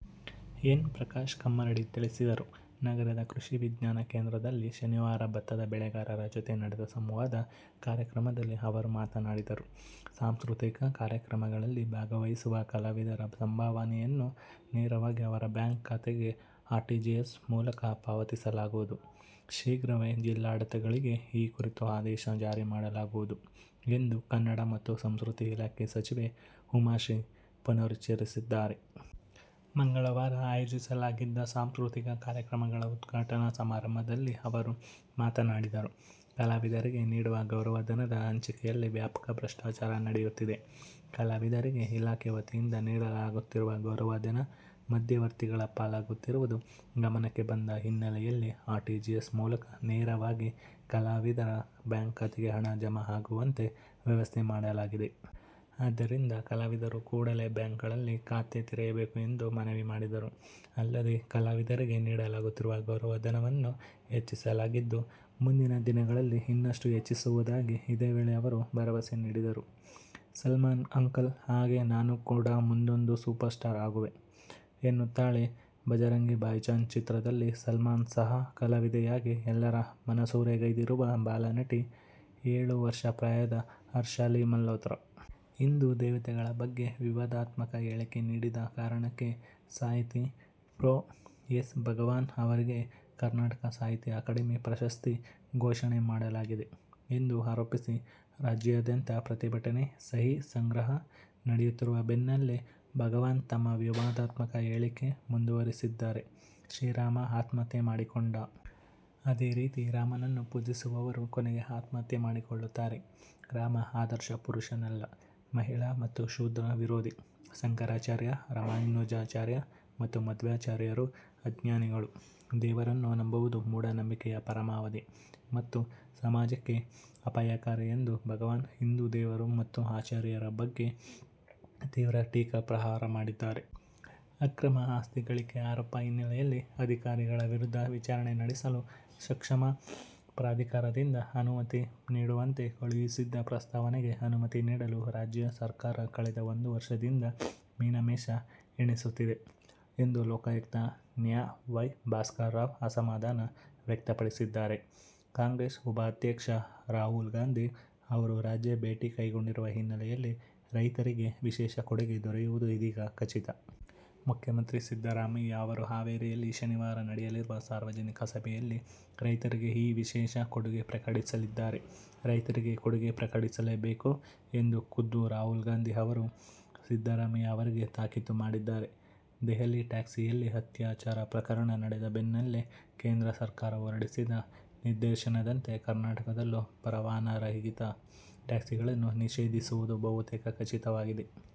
N. Prakash Kammaradi ತಿಳಿಸಿದರು. ನಗರದ ಕೃಷಿ ವಿಜ್ಞಾನ ಕೇಂದ್ರದಲ್ಲಿ ಶನಿವಾರ ಭತ್ತದ ಬೆಳೆಗಾರರ ಜೊತೆ ನಡೆದ ಸಂವಾದ ಕಾರ್ಯಕ್ರಮದಲ್ಲಿ ಅವರು ಮಾತನಾಡಿದರು. ಸಾಂಸ್ಕೃತಿಕ ಕಾರ್ಯಕ್ರಮಗಳಲ್ಲಿ ಭಾಗವಹಿಸುವ ಕಲಾವಿದರ ಸಂಭಾವನೆಯನ್ನು ನೇರವಾಗಿ ಅವರ ಬ್ಯಾಂಕ್ ಖಾತೆಗೆ ಆರ್ಟಿಜಿಎಸ್ ಮೂಲಕ ಪಾವತಿಸಲಾಗುವುದು. ಶೀಘ್ರವೇ ಜಿಲ್ಲಾಡಳಿತಗಳಿಗೆ ಈ ಕುರಿತು ಆದೇಶ ಜಾರಿ ಮಾಡಲಾಗುವುದು ಎಂದು ಕನ್ನಡ ಮತ್ತು ಸಂಸ್ಕೃತಿ ಇಲಾಖೆ ಸಚಿವೆ ಉಮಾಶ್ರೀ ಪುನರುಚ್ಚರಿಸಿದ್ದಾರೆ. ಮಂಗಳವಾರ ಆಯೋಜಿಸಲಾಗಿದ್ದ ಸಾಂಸ್ಕೃತಿಕ ಕಾರ್ಯಕ್ರಮಗಳ ಉದ್ಘಾಟನಾ ಸಮಾರಂಭದಲ್ಲಿ ಅವರು ಮಾತನಾಡಿದರು. ಕಲಾವಿದರಿಗೆ ನೀಡುವ ಗೌರವಧನದ ಹಂಚಿಕೆಯಲ್ಲಿ ವ್ಯಾಪಕ ಭ್ರಷ್ಟಾಚಾರ ನಡೆಯುತ್ತಿದೆ. ಕಲಾವಿದರಿಗೆ ಇಲಾಖೆ ವತಿಯಿಂದ ನೀಡಲಾಗುತ್ತಿರುವ ಗೌರವಧನ ಮಧ್ಯವರ್ತಿಗಳ ಪಾಲಾಗುತ್ತಿರುವುದು ಗಮನಕ್ಕೆ ಬಂದ ಹಿನ್ನೆಲೆಯಲ್ಲಿ ಆರ್ಟಿಜಿಎಸ್ ಮೂಲಕ ನೇರವಾಗಿ ಕಲಾವಿದರ ಬ್ಯಾಂಕ್ ಖಾತೆಗೆ ಹಣ ಜಮಾ ಆಗುವಂತೆ ವ್ಯವಸ್ಥೆ ಮಾಡಲಾಗಿದೆ. ಆದ್ದರಿಂದ ಕಲಾವಿದರು ಕೂಡಲೇ ಬ್ಯಾಂಕ್ಗಳಲ್ಲಿ ಖಾತೆ ತೆರೆಯಬೇಕು ಎಂದು ಮನವಿ ಮಾಡಿದರು. ಅಲ್ಲದೆ, ಕಲಾವಿದರಿಗೆ ನೀಡಲಾಗುತ್ತಿರುವ ಗೌರವಧನವನ್ನು ಹೆಚ್ಚಿಸಲಾಗಿದ್ದು, ಮುಂದಿನ ದಿನಗಳಲ್ಲಿ ಇನ್ನಷ್ಟು ಹೆಚ್ಚಿಸುವುದಾಗಿ ಇದೇ ವೇಳೆ ಅವರು ಭರವಸೆ ನೀಡಿದರು. "ಸಲ್ಮಾನ್ ಅಂಕಲ್ ಹಾಗೆ ನಾನು ಕೂಡ ಮುಂದೊಂದು ಸೂಪರ್ ಸ್ಟಾರ್ ಅಗುವೆ' ಎನ್ನುತ್ತಾಳೆ "ಬಜರಂಗಿ ಭಾಯಿಜಾನ್' ಚಿತ್ರದಲ್ಲಿ ಸಲ್ಮಾನ್ ಸಹ ಕಲಾವಿದೆಯಾಗಿ ಎಲ್ಲರ ಮನಸೂರೆಗೈದಿರುವ ಬಾಲ ನಟಿ, ಏಳು ವರ್ಷ ಪ್ರಾಯದ ಹರ್ಷಾಲಿ ಮಲ್ಹೋತ್ರಾ. ಹಿಂದೂ ದೇವತೆಗಳ ಬಗ್ಗೆ ವಿವಾದಾತ್ಮಕ ಹೇಳಿಕೆ ನೀಡಿದ ಕಾರಣಕ್ಕೆ ಸಾಹಿತಿ ಪ್ರೊ. ಎಸ್. ಕೆ. ಭಗವಾನ್ ಅವರಿಗೆ ಕರ್ನಾಟಕ ಸಾಹಿತ್ಯ ಅಕಾಡೆಮಿ ಪ್ರಶಸ್ತಿ ಘೋಷಣೆ ಮಾಡಲಾಗಿದೆ ಎಂದು ಆರೋಪಿಸಿ ರಾಜ್ಯಾದ್ಯಂತ ಪ್ರತಿಭಟನೆ, ಸಹಿ ಸಂಗ್ರಹ ನಡೆಯುತ್ತಿರುವ ಬೆನ್ನಲ್ಲೇ ಭಗವಾನ್ ತಮ್ಮ ವಿವಾದಾತ್ಮಕ ಹೇಳಿಕೆ ಮುಂದುವರಿಸಿದ್ದಾರೆ. ಶ್ರೀರಾಮ ಆತ್ಮಹತ್ಯೆ ಮಾಡಿಕೊಂಡ. ಅದೇ ರೀತಿ ರಾಮನನ್ನು ಪೂಜಿಸುವವರು ಕೊನೆಗೆ ಆತ್ಮಹತ್ಯೆ ಮಾಡಿಕೊಳ್ಳುತ್ತಾರೆ. ರಾಮ ಆದರ್ಶ ಪುರುಷನಲ್ಲ, ಮಹಿಳಾ ಮತ್ತು ಶೂದ್ರ ವಿರೋಧಿ. ಶಂಕರಾಚಾರ್ಯ, ರಾಮಾನುಜಾಚಾರ್ಯ ಮತ್ತು ಮಧ್ವಾಚಾರ್ಯರು ಅಜ್ಞಾನಿಗಳು. ದೇವರನ್ನು ನಂಬುವುದು ಮೂಢನಂಬಿಕೆಯ ಪರಮಾವಧಿ ಮತ್ತು ಸಮಾಜಕ್ಕೆ ಅಪಾಯಕಾರಿ ಎಂದು ಭಗವಾನ್ ಹಿಂದೂ ದೇವರು ಮತ್ತು ಆಚಾರ್ಯರ ಬಗ್ಗೆ ತೀವ್ರ ಟೀಕಾಪ್ರಹಾರ ಮಾಡಿದ್ದಾರೆ. ಅಕ್ರಮ ಆಸ್ತಿ ಗಳಿಕೆ ಆರೋಪ ಹಿನ್ನೆಲೆಯಲ್ಲಿ ಅಧಿಕಾರಿಗಳ ವಿರುದ್ಧ ವಿಚಾರಣೆ ನಡೆಸಲು ಸಕ್ಷಮ ಪ್ರಾಧಿಕಾರದಿಂದ ಅನುಮತಿ ನೀಡುವಂತೆ ಕಳುಹಿಸಿದ್ದ ಪ್ರಸ್ತಾವನೆಗೆ ಅನುಮತಿ ನೀಡಲು ರಾಜ್ಯ ಸರ್ಕಾರ ಕಳೆದ ಒಂದು ವರ್ಷದಿಂದ ಮೀನಮೇಷ ಎಣಿಸುತ್ತಿದೆ ಎಂದು ಲೋಕಾಯುಕ್ತ ನ್ಯಾ. ವೈ. ಭಾಸ್ಕರ್ರಾವ್ ಅಸಮಾಧಾನ ವ್ಯಕ್ತಪಡಿಸಿದ್ದಾರೆ. ಕಾಂಗ್ರೆಸ್ ಉಪಾಧ್ಯಕ್ಷ ರಾಹುಲ್ ಗಾಂಧಿ ಅವರು ರಾಜ್ಯ ಭೇಟಿ ಕೈಗೊಂಡಿರುವ ಹಿನ್ನೆಲೆಯಲ್ಲಿ ರೈತರಿಗೆ ವಿಶೇಷ ಕೊಡುಗೆ ದೊರೆಯುವುದು ಇದೀಗ ಖಚಿತ. ಮುಖ್ಯಮಂತ್ರಿ ಸಿದ್ದರಾಮಯ್ಯ ಅವರು ಹಾವೇರಿಯಲ್ಲಿ ಶನಿವಾರ ನಡೆಯಲಿರುವ ಸಾರ್ವಜನಿಕ ಸಭೆಯಲ್ಲಿ ರೈತರಿಗೆ ಈ ವಿಶೇಷ ಕೊಡುಗೆ ಪ್ರಕಟಿಸಲಿದ್ದಾರೆ. ರೈತರಿಗೆ ಕೊಡುಗೆ ಪ್ರಕಟಿಸಲೇಬೇಕು ಎಂದು ಖುದ್ದು ರಾಹುಲ್ ಗಾಂಧಿ ಅವರು ಸಿದ್ದರಾಮಯ್ಯ ಅವರಿಗೆ ತಾಕೀತು ಮಾಡಿದ್ದಾರೆ. ದೆಹಲಿ ಟ್ಯಾಕ್ಸಿಯಲ್ಲಿ ಅತ್ಯಾಚಾರ ಪ್ರಕರಣ ನಡೆದ ಬೆನ್ನಲ್ಲೇ ಕೇಂದ್ರ ಸರ್ಕಾರ ಹೊರಡಿಸಿದ ನಿರ್ದೇಶನದಂತೆ ಕರ್ನಾಟಕದಲ್ಲೂ ಪರವಾನಗಿರಹಿತ ಟ್ಯಾಕ್ಸಿಗಳನ್ನು ನಿಷೇಧಿಸುವುದು ಬಹುತೇಕ ಖಚಿತವಾಗಿದೆ.